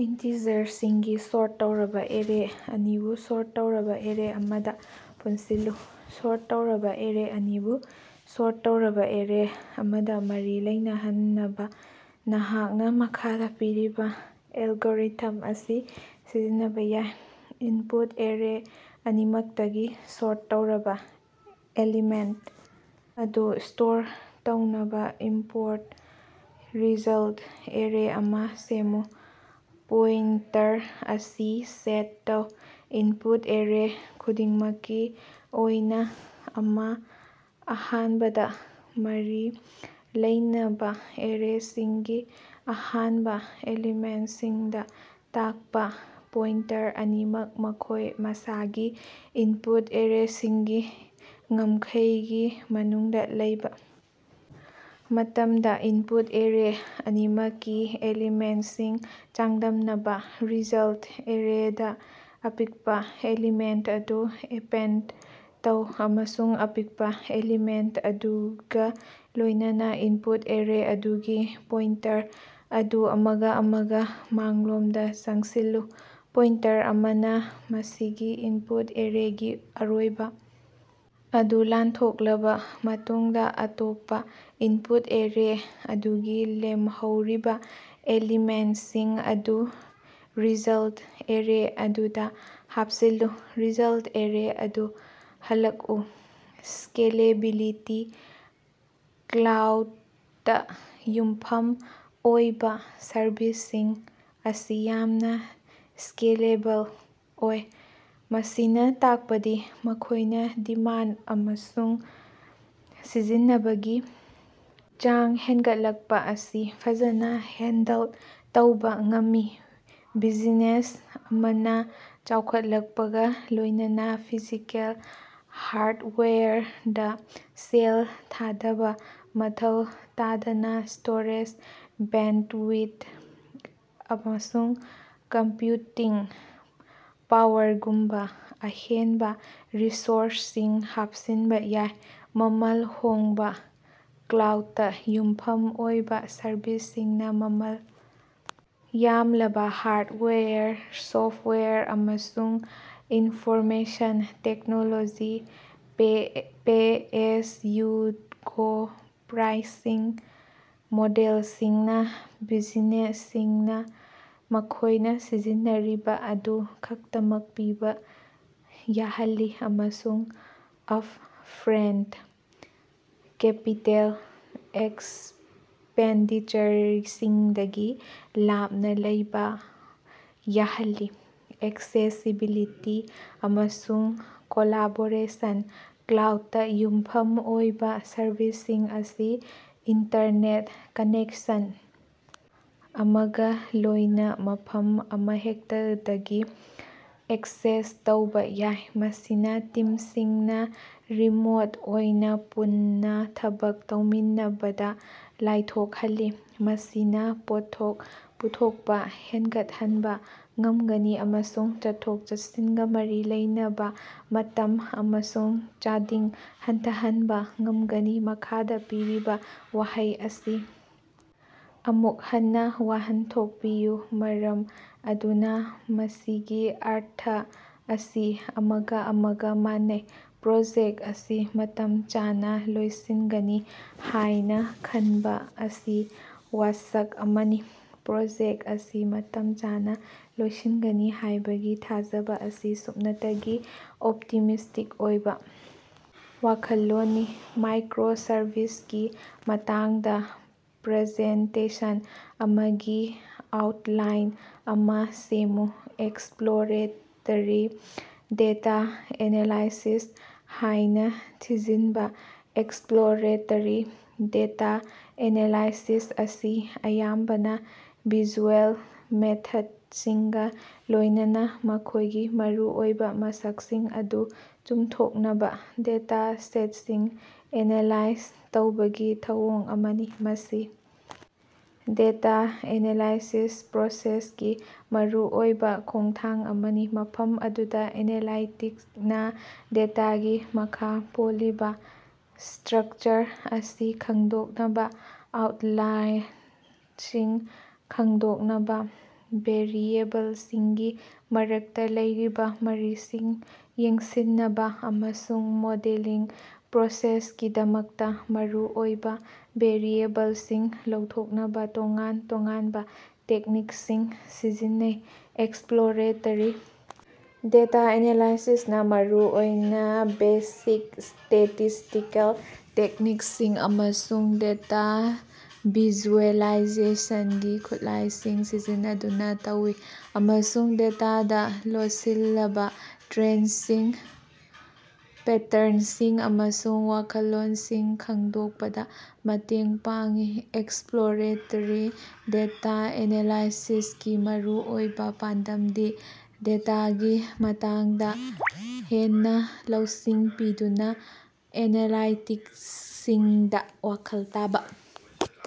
ꯏꯟꯇꯤꯖꯔꯁꯤꯡꯒꯤ sort ꯇꯧꯔꯕ array ꯑꯅꯤꯕꯨ sort ꯇꯧꯔꯕ ꯑꯦꯔꯦ ꯑꯃꯗ ꯄꯨꯟꯁꯤꯜꯂꯨ꯫ ꯁꯣꯔꯠ ꯇꯧꯔꯕ ꯑꯦꯔꯦ ꯑꯅꯤꯕꯨ ꯁꯣꯔꯠ ꯇꯧꯔꯕ ꯑꯦꯔꯦ ꯑꯃꯗ ꯃꯔꯤ ꯂꯩꯅꯍꯟꯅꯕ, ꯅꯍꯥꯛꯅ ꯃꯈꯥꯗ ꯄꯤꯔꯤꯕ ꯑꯦꯜꯒꯣꯔꯤꯊꯝ ꯑꯁꯤ ꯁꯤꯖꯤꯟꯅꯕ ꯌꯥꯏ: ꯏꯟꯄꯨꯠ ꯑꯦꯔꯦ ꯑꯅꯤꯃꯛꯇꯒꯤ ꯁꯣꯔꯠ ꯇꯧꯔꯕ ꯑꯦꯂꯤꯃꯦꯟꯠ ꯑꯗꯨ ꯁ꯭ꯇꯣꯔ ꯇꯧꯅꯕ ꯏꯝꯄꯣꯔꯠ ꯔꯤꯖꯜ ꯑꯦꯔꯦ ꯑꯃ ꯁꯦꯝꯃꯨ꯫ ꯄꯣꯏꯟꯇꯔ ꯑꯅꯤ ꯁꯦꯠ ꯇꯧ, ꯏꯟꯄꯨꯠ ꯑꯦꯔꯦ ꯈꯨꯗꯤꯡꯃꯛꯀꯤ ꯑꯣꯏꯅ ꯑꯃ, ꯑꯍꯥꯟꯕꯗ ꯃꯔꯤ ꯂꯩꯅꯕ ꯑꯦꯔꯦꯁꯤꯡꯒꯤ ꯑꯍꯥꯟꯕ ꯑꯦꯂꯤꯃꯦꯟꯠꯁꯤꯡꯗ ꯇꯥꯛꯄ꯫ ꯄꯣꯏꯟꯇꯔ ꯑꯅꯤꯃꯛ ꯃꯈꯣꯏ ꯃꯁꯥꯒꯤ ꯏꯟꯄꯨꯠ ꯑꯦꯔꯦꯁꯤꯡꯒꯤ ꯉꯝꯈꯩꯒꯤ ꯃꯅꯨꯡꯗ ꯂꯩꯕ ꯃꯇꯝꯗ, ꯏꯟꯄꯨꯠ ꯑꯦꯔꯦ ꯑꯅꯤꯃꯛꯀꯤ ꯑꯦꯂꯤꯃꯦꯟꯠꯁꯤꯡ ꯆꯥꯡꯗꯝꯅꯕ꯫ ꯔꯤꯖꯜ ꯑꯦꯔꯦꯗ ꯑꯄꯤꯛꯄ ꯑꯦꯂꯤꯃꯦꯟ ꯑꯗꯨ ꯑꯦꯄꯦꯟꯗ ꯇꯧ, ꯑꯃꯁꯨꯡ ꯑꯄꯤꯛꯄ ꯑꯦꯂꯤꯃꯦꯟꯠ ꯑꯗꯨꯒ ꯂꯣꯏꯅꯅ ꯏꯟꯄꯨꯠ ꯑꯦꯔꯦ ꯑꯗꯨꯒꯤ ꯄꯣꯏꯟꯇꯔ ꯑꯗꯨ ꯑꯃꯒ ꯑꯃꯒ ꯃꯥꯡꯂꯣꯝꯗ ꯆꯪꯁꯤꯜꯂꯨ꯫ ꯄꯣꯏꯟꯇꯔ ꯑꯃꯅ ꯃꯁꯤꯒꯤ ꯏꯟꯄꯨꯠ ꯑꯦꯔꯦꯒꯤ ꯑꯔꯣꯏꯕ ꯑꯗꯨ ꯂꯥꯟꯊꯣꯛꯂꯕ ꯃꯇꯨꯡꯗ, ꯑꯇꯣꯞꯄ ꯏꯟꯄꯨꯠ ꯑꯦꯔꯦ ꯑꯗꯨꯒꯤ ꯂꯦꯝꯍꯧꯔꯤꯕ ꯑꯦꯂꯤꯃꯦꯟꯠꯁꯤꯡ ꯑꯗꯨ ꯔꯤꯖꯜꯠ ꯑꯦꯔꯦ ꯑꯗꯨꯗ ꯍꯥꯞꯆꯤꯜꯂꯨ꯫ ꯔꯤꯖꯜꯠ ꯑꯦꯔꯦ ꯑꯗꯨ ꯍꯜꯂꯛꯎ꯫ ꯁ꯭ꯀꯦꯂꯦꯕꯤꯂꯤꯇꯤ: ꯀ꯭ꯂꯥꯎꯗꯇ ꯌꯨꯝꯐꯝ ꯑꯣꯏꯕ ꯁꯔꯚꯤꯁꯁꯤꯡ ꯑꯁꯤ ꯌꯥꯝꯅ ꯁ꯭ꯀꯦꯂꯦꯕꯜ ꯑꯣꯏ, ꯃꯁꯤꯅ ꯇꯥꯛꯄꯗꯤ ꯃꯈꯣꯏꯅ ꯗꯤꯃꯥꯟ ꯑꯃꯁꯨꯡ ꯁꯤꯖꯤꯟꯅꯕꯒꯤ ꯆꯥꯡ ꯍꯦꯟꯒꯠꯂꯛꯄ ꯑꯁꯤ ꯐꯖꯅ ꯍꯦꯟꯗꯜ ꯇꯧꯕ ꯉꯝꯃꯤ꯫ ꯕꯤꯖꯤꯅꯦꯁ ꯑꯃꯅ ꯆꯥꯎꯈꯠꯂꯛꯄꯒ ꯂꯣꯏꯅꯅ ꯐꯤꯖꯤꯀꯦꯜ ꯍꯥꯔꯗꯋꯦꯌꯔꯗ ꯁꯦꯜ ꯊꯥꯗꯕ ꯃꯊꯧ ꯇꯥꯗꯅ ꯁ꯭ꯇꯣꯔꯦꯖ, ꯕꯦꯟꯗꯋꯤꯊ, ꯑꯃꯁꯨꯡ ꯀꯝꯄ꯭ꯌꯨꯇꯤꯡ ꯄꯥꯋꯔꯒꯨꯝꯕ ꯑꯍꯦꯟꯕ ꯔꯤꯁꯣꯔꯁꯁꯤꯡ ꯍꯥꯞꯆꯤꯟꯕ ꯌꯥꯏ꯫ ꯃꯃꯜ ꯍꯣꯡꯕꯥ: ꯀ꯭ꯂꯥꯎꯗꯇ ꯌꯨꯝꯐꯝ ꯑꯣꯏꯕ ꯁꯔꯚꯤꯁꯁꯤꯡꯅ ꯃꯃꯜ ꯌꯥꯝꯂꯕ ꯍꯥꯔꯗꯋꯦꯌꯔ, ꯁꯣꯐꯋꯦꯌꯔ, ꯑꯃꯁꯨꯡ ꯏꯟꯐꯣꯔꯃꯦꯁꯟ ꯇꯦꯛꯅꯣꯂꯣꯖꯤ ꯄꯦ-ꯑꯦꯖ-ꯌꯨ-ꯒꯣ ꯄ꯭ꯔꯥꯏꯁꯤꯡ ꯃꯣꯗꯦꯜꯁꯤꯡꯅ ꯕꯤꯖꯤꯅꯦꯁꯁꯤꯡꯅ ꯃꯈꯣꯏꯅ ꯁꯤꯖꯤꯟꯅꯔꯤꯕ ꯑꯗꯨ ꯈꯛꯇꯃꯛ ꯄꯤꯕ ꯌꯥꯍꯜꯂꯤ ꯑꯃꯁꯨꯡ ꯑꯞ-ꯐ꯭ꯔꯟꯠ ꯀꯦꯄꯤꯇꯦꯜ ꯑꯦꯛꯁꯄꯦꯟꯗꯤꯆꯔꯁꯤꯡꯗꯒꯤ ꯂꯥꯞꯅ ꯂꯩꯕ ꯌꯥꯍꯜꯂꯤ꯫ ꯑꯦꯛꯁꯦꯁꯤꯕꯤꯂꯤꯇꯤ ꯑꯃꯁꯨꯡ ꯀꯣꯂꯥꯕꯣꯔꯦꯁꯟ: ꯀ꯭ꯂꯥꯎꯗꯇ ꯌꯨꯝꯐꯝ ꯑꯣꯏꯕ ꯁꯔꯚꯤꯁꯁꯤꯡ ꯑꯁꯤ ꯏꯟꯇꯔꯅꯦꯠ ꯀꯅꯦꯛꯁꯟ ꯑꯃꯒ ꯂꯣꯏꯅ ꯃꯐꯝ ꯑꯃꯍꯦꯛꯇꯗꯒꯤ ꯑꯦꯛꯁꯦꯁ ꯇꯧꯕ ꯌꯥꯏ, ꯃꯁꯤꯅ ꯇꯤꯝꯁꯤꯡꯅ ꯔꯤꯃꯣꯠ ꯑꯣꯏꯅ ꯄꯨꯟꯅ ꯊꯕꯛ ꯇꯧꯃꯤꯟꯅꯕꯗ ꯂꯥꯏꯊꯣꯛꯍꯜꯂꯤ꯫ ꯃꯁꯤꯅ ꯄꯣꯠꯊꯣꯛ ꯄꯨꯊꯣꯛꯄ ꯍꯦꯟꯒꯠꯍꯟꯕ ꯉꯝꯒꯅꯤ ꯑꯃꯁꯨꯡ ꯆꯠꯊꯣꯛ-ꯆꯠꯁꯤꯟꯒ ꯃꯔꯤ ꯂꯩꯅꯕ ꯃꯇꯝ ꯑꯃꯁꯨꯡ ꯆꯥꯗꯤꯡ ꯍꯟꯊꯍꯟꯕ ꯉꯝꯒꯅꯤ꯫ ꯃꯈꯥꯗ ꯄꯤꯔꯤꯕ ꯋꯥꯍꯩ ꯑꯁꯤ ꯑꯃꯨꯛ ꯍꯟꯅ ꯋꯥꯍꯟꯊꯣꯛ ꯄꯤꯌꯨ ꯃꯔꯝ ꯑꯗꯨꯅ ꯃꯁꯤꯒꯤ ꯑꯔꯊ ꯑꯁꯤ ꯑꯃꯒ ꯑꯃꯒ ꯃꯥꯟꯅꯩ꯫ "ꯄ꯭ꯔꯣꯖꯦꯛ ꯑꯁꯤ ꯃꯇꯝ ꯆꯥꯅ ꯂꯣꯏꯁꯤꯟꯒꯅꯤ ꯍꯥꯏꯅ ꯈꯟꯕ ꯑꯁꯤ ꯋꯥꯁꯛ ꯑꯃꯅꯤ꯫" ꯄ꯭ꯔꯣꯖꯦꯛ ꯑꯁꯤ ꯃꯇꯝ ꯆꯥꯅ ꯂꯣꯏꯁꯤꯟꯒꯅꯤ ꯍꯥꯏꯕꯒꯤ ꯊꯥꯖꯕ ꯑꯁꯤ ꯁꯨꯞꯅꯇꯒꯤ ꯑꯣꯞꯇꯤꯃꯤꯁ꯭ꯇꯤꯛ ꯑꯣꯏꯕ ꯋꯥꯈꯜꯂꯣꯟꯅꯤ꯫ ꯃꯥꯏꯀ꯭ꯔꯣꯁꯔꯚꯤꯁꯀꯤ ꯃꯇꯥꯡꯗ ꯄ꯭ꯔꯖꯦꯟꯇꯦꯁꯟ ꯑꯃꯒꯤ ꯑꯥꯎꯠꯂꯥꯏꯟ ꯑꯃ ꯁꯦꯝꯃꯨ꯫ 'ꯑꯦꯛꯁꯄ꯭ꯂꯣꯔꯦꯇꯦꯔꯤ ꯗꯦꯇꯥ ꯑꯦꯅꯥꯂꯥꯏꯁꯤꯁ' ꯍꯥꯏꯅ ꯊꯤꯖꯤꯟꯕ꯫ ꯑꯦꯛꯁꯄ꯭ꯂꯣꯔꯦꯇꯦꯔꯤ ꯗꯦꯇꯥ ꯑꯦꯅꯥꯂꯥꯏꯁꯤꯁ ꯑꯁꯤ ꯑꯌꯥꯝꯕꯅ ꯚꯤꯖꯨꯑꯦꯜ ꯃꯦꯊꯗꯁꯤꯡꯒ ꯂꯣꯏꯅꯅ ꯃꯈꯣꯏꯒꯤ ꯃꯔꯨꯑꯣꯏꯕ ꯃꯁꯛꯁꯤꯡ ꯑꯗꯨ ꯆꯨꯝꯊꯣꯛꯅꯕ ꯗꯦꯇꯥ ꯁꯦꯠꯁꯤꯡ ꯑꯦꯅꯥꯂꯥꯏꯖ ꯇꯧꯕꯒꯤ ꯊꯧꯑꯣꯡ ꯑꯃꯅꯤ꯫ ꯃꯁꯤ ꯗꯦꯇꯥ ꯑꯦꯅꯥꯂꯥꯏꯁꯤꯁ ꯄ꯭ꯔꯣꯁꯦꯁꯀꯤ ꯃꯔꯨꯑꯣꯏꯕ ꯈꯣꯡꯊꯥꯡ ꯑꯃꯅꯤ, ꯃꯐꯝ ꯑꯗꯨꯗ ꯑꯦꯅꯥꯂꯥꯏꯇꯤꯛꯅ ꯗꯦꯇꯥꯒꯤ ꯃꯈꯥ ꯄꯣꯜꯂꯤꯕ ꯁ꯭ꯇꯔꯛꯆꯔ ꯑꯁꯤ ꯈꯪꯗꯣꯛꯅꯕ, ꯑꯥꯎꯠꯂꯥꯏꯔꯁꯤꯡ ꯈꯪꯗꯣꯛꯅꯕ, ꯚꯦꯔꯤꯑꯦꯕꯜꯁꯤꯡꯒꯤ ꯃꯔꯛꯇ ꯂꯩꯔꯤꯕ ꯃꯔꯤꯁꯤꯡ ꯌꯦꯡꯁꯤꯟꯅꯕ ꯑꯃꯁꯨꯡ ꯃꯣꯗꯦꯂꯤꯡ ꯄ꯭ꯔꯣꯁꯦꯁꯀꯤꯗꯃꯛꯇ ꯃꯔꯨꯑꯣꯏꯕ ꯚꯦꯔꯤꯑꯦꯕꯜꯁꯤꯡ ꯂꯧꯊꯣꯛꯅꯕ ꯇꯣꯉꯥꯟ ꯇꯣꯉꯥꯟꯕ ꯇꯦꯛꯅꯤꯛꯁꯤꯡ ꯁꯤꯖꯤꯟꯅꯩ꯫ ꯑꯦꯛꯁꯄ꯭ꯂꯣꯔꯦꯇꯦꯔꯤ ꯗꯦꯇꯥ ꯑꯦꯅꯥꯂꯥꯏꯁꯤꯁ ꯅ ꯃꯔꯨ ꯑꯣꯏꯅ ꯕꯦꯁꯤꯛ ꯁ꯭ꯇꯦꯇꯤꯁꯇꯤꯀꯦꯜ ꯇꯦꯛꯅꯤꯛꯁꯤꯡ ꯑꯃꯁꯨꯡ ꯗꯦꯇꯥ ꯚꯤꯖꯨꯑꯦꯂꯥꯏꯖꯦꯁꯟꯒꯤ ꯈꯨꯠꯂꯥꯏꯁꯤꯡ ꯁꯤꯖꯤꯟꯅꯗꯨꯅ ꯇꯧꯏ ꯑꯃꯁꯨꯡ ꯗꯦꯇꯥꯗ ꯂꯣꯠꯁꯤꯜꯂꯕ ꯇ꯭ꯔꯦꯟꯁꯤꯡ, ꯄꯦꯇꯔꯟꯁꯤꯡ ꯑꯃꯁꯨꯡ ꯋꯥꯈꯜꯂꯣꯟꯁꯤꯡ ꯈꯪꯗꯣꯛꯄꯗ ꯃꯇꯦꯡ ꯄꯥꯡꯏ꯫ ꯑꯦꯛꯁꯄ꯭ꯂꯣꯔꯦꯇꯦꯔꯤ ꯗꯦꯇꯥ ꯑꯦꯅꯥꯂꯥꯏꯁꯤꯁ ꯀꯤ ꯃꯔꯨꯑꯣꯏꯕ ꯄꯥꯟꯗꯝꯗꯤ ꯗꯦꯇꯥꯒꯤ ꯃꯇꯥꯡꯗ ꯍꯦꯟꯅ ꯂꯧꯁꯤꯡ ꯄꯤꯗꯨꯅ ꯑꯦꯅꯥꯂꯥꯏꯇꯤꯛꯁꯁꯤꯡꯗ ꯋꯥꯈꯜ ꯇꯥꯕ꯫